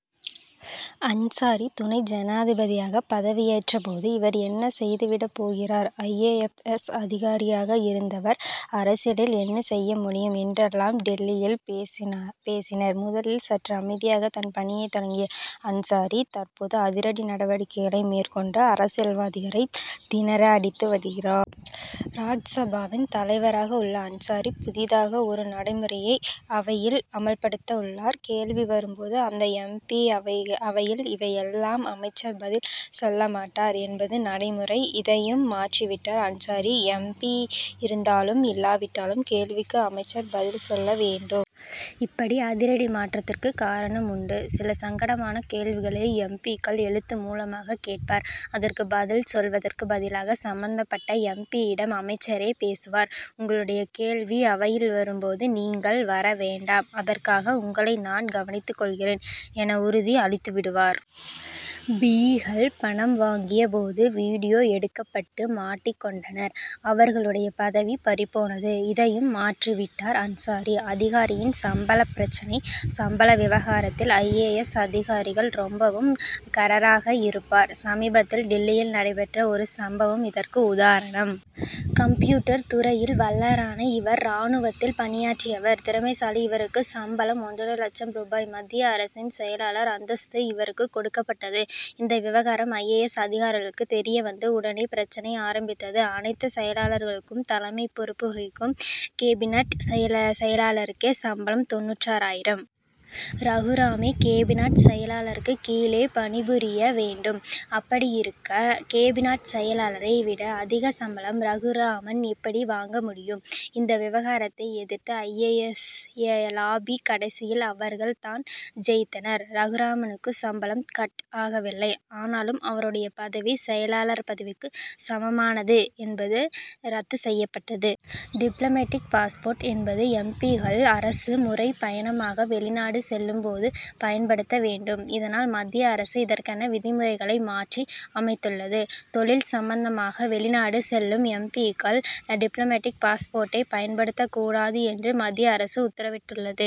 அன்சாரி, துணை ஜனாதிபதியாக பதவியேற்ற போது, 'இவர் என்ன செய்துவிடப் போகிறார்? ஐ. எப். எஸ். அதிகாரியாக இருந்தவர் அரசியலில் என்ன செய்ய முடியும்? ' என்றெல்லாம் டில்லியில் பேசினார் பேசினர். முதலில் சற்று அமைதியாக தன் பணியைத் தொடங்கிய அன்சாரி, தற்போது அதிரடி நடவடிக்கைகளை மேற்கொண்டு அரசியல்வாதிகளை திணற அடித்து வருகிறார். ராஜ்யசபாவின் தலைவராக உள்ள அன்சாரி, புதிதாக ஒரு நடைமுறையை அவையில் அமல்படுத்த உள்ளார். 'கேள்வி வரும் போது அந்த எம். பி., அவையில் இல்லையென்றால் அமைச்சர் பதில் சொல்லமாட்டார்' என்பது நடைமுறை. இதையும் மாற்றிவிட்டார் அன்சாரி. எம். பி., இருந்தாலும் இல்லாவிட்டாலும் கேள்விக்கு அமைச்சர் பதில் சொல்ல வேண்டும். இப்படி அதிரடி மாற்றத்திற்கு காரணம் உண்டு. சில சங்கடமான கேள்விகளை எம். பி.,க்கள் எழுத்து மூலமாக கேட்பர். அதற்குப் பதில் சொல்வதற்கு பதிலாக சம்பந்தப் பட்ட எம். பி.,யிடம் அமைச்சரே பேசுவார். 'உங்களுடைய கேள்வி அவையில் வரும் போது நீங்கள் வர வேண்டாம்; அதற்காக உங்களை நான் கவனித்துக் கொள்கிறேன்' என்று உறுதி அளித்துவிடுவார். பி.,க்கள் பணம் வாங்கிய போது, வீடியோ எடுக்கப்பட்டு மாட்டிக் கொண்டனர். அவர்களுடைய பதவி பறிபோனது. இதையும் மாற்றிவிட்டார் அன்சாரி. அதிகாரியின் சம்பளப் பிரச்னை சம்பள விவகாரத்தில் ஐ. ஏ. எஸ்., அதிகாரிகள் ரொம்பவும் கறராக இருப்பர். சமீபத்தில், டில்லியில் நடைபெற்ற ஒரு சம்பவம் இதற்கு உதாரணம். கம்ப்யூட்டர் துறையில் வல்லரான இவர், ராணுவத்தில் பணியாற்றியவர், திறமைசாலி. இவருக்கு சம்பளம் ஒன்றரை லட்சம் ரூபாய். மத்திய அரசின் செயலாளர் அந்தஸ்து இவருக்குக் கொடுக்கப்பட்டது. இந்த விவகாரம் ஐ. ஏ. எஸ்., அதிகாரிகளுக்கு தெரியவந்து. உடனே பிரச்னை ஆரம்பித்தது. அனைத்து செயலர்களுக்கும் தலைமை பொறுப்பு வகிக்கும் கேபினட் செயலருக்கே சம்பளம் தொண்ணூறு ஆயிரம். ரகுராமனே கேபினாட் செயலருக்கு கீழே பணிபுரிய வேண்டும். அப்படியிருக்க, கேபினாட் செயலரை விட அதிக சம்பளம் ரகுராமன் எப்படி வாங்க முடியும்? இந்த விவகாரத்தை எதிர்த்தது ஐ. ஏ. S., lobby. கடைசியில் அவர்கள் தான் ஜெயித்தனர். ரகுராமனுக்கு சம்பளம், 'கட்' ஆகவில்லை. ஆனாலும், அவருடைய பதவி செயலாளர் ர் பதவிக்கு சமமானது என்பது ரத்து செய்யப்பட்டது. டிப்ளமேடிக் பாஸ்போர்ட் என்பது எம். பி.,க்கள் அரசு முறைப் பயணமாக வெளிநாடு செல்லும் போது பயன்படுத்த வேண்டும். இதனால், மத்திய அரசு இதற்கான விதிமுறைகளை மாற்றி அமைத்துள்ளது. தொழில் சம்பந்தமாக வெளிநாடு செல்லும் எம். பி.,க்கள் டிப்ளமேடிக் பாஸ்போர்ட்டை பயன்படுத்தக்கூடாது என்று மத்திய அரசு உத்தரவிட்டுள்ளது.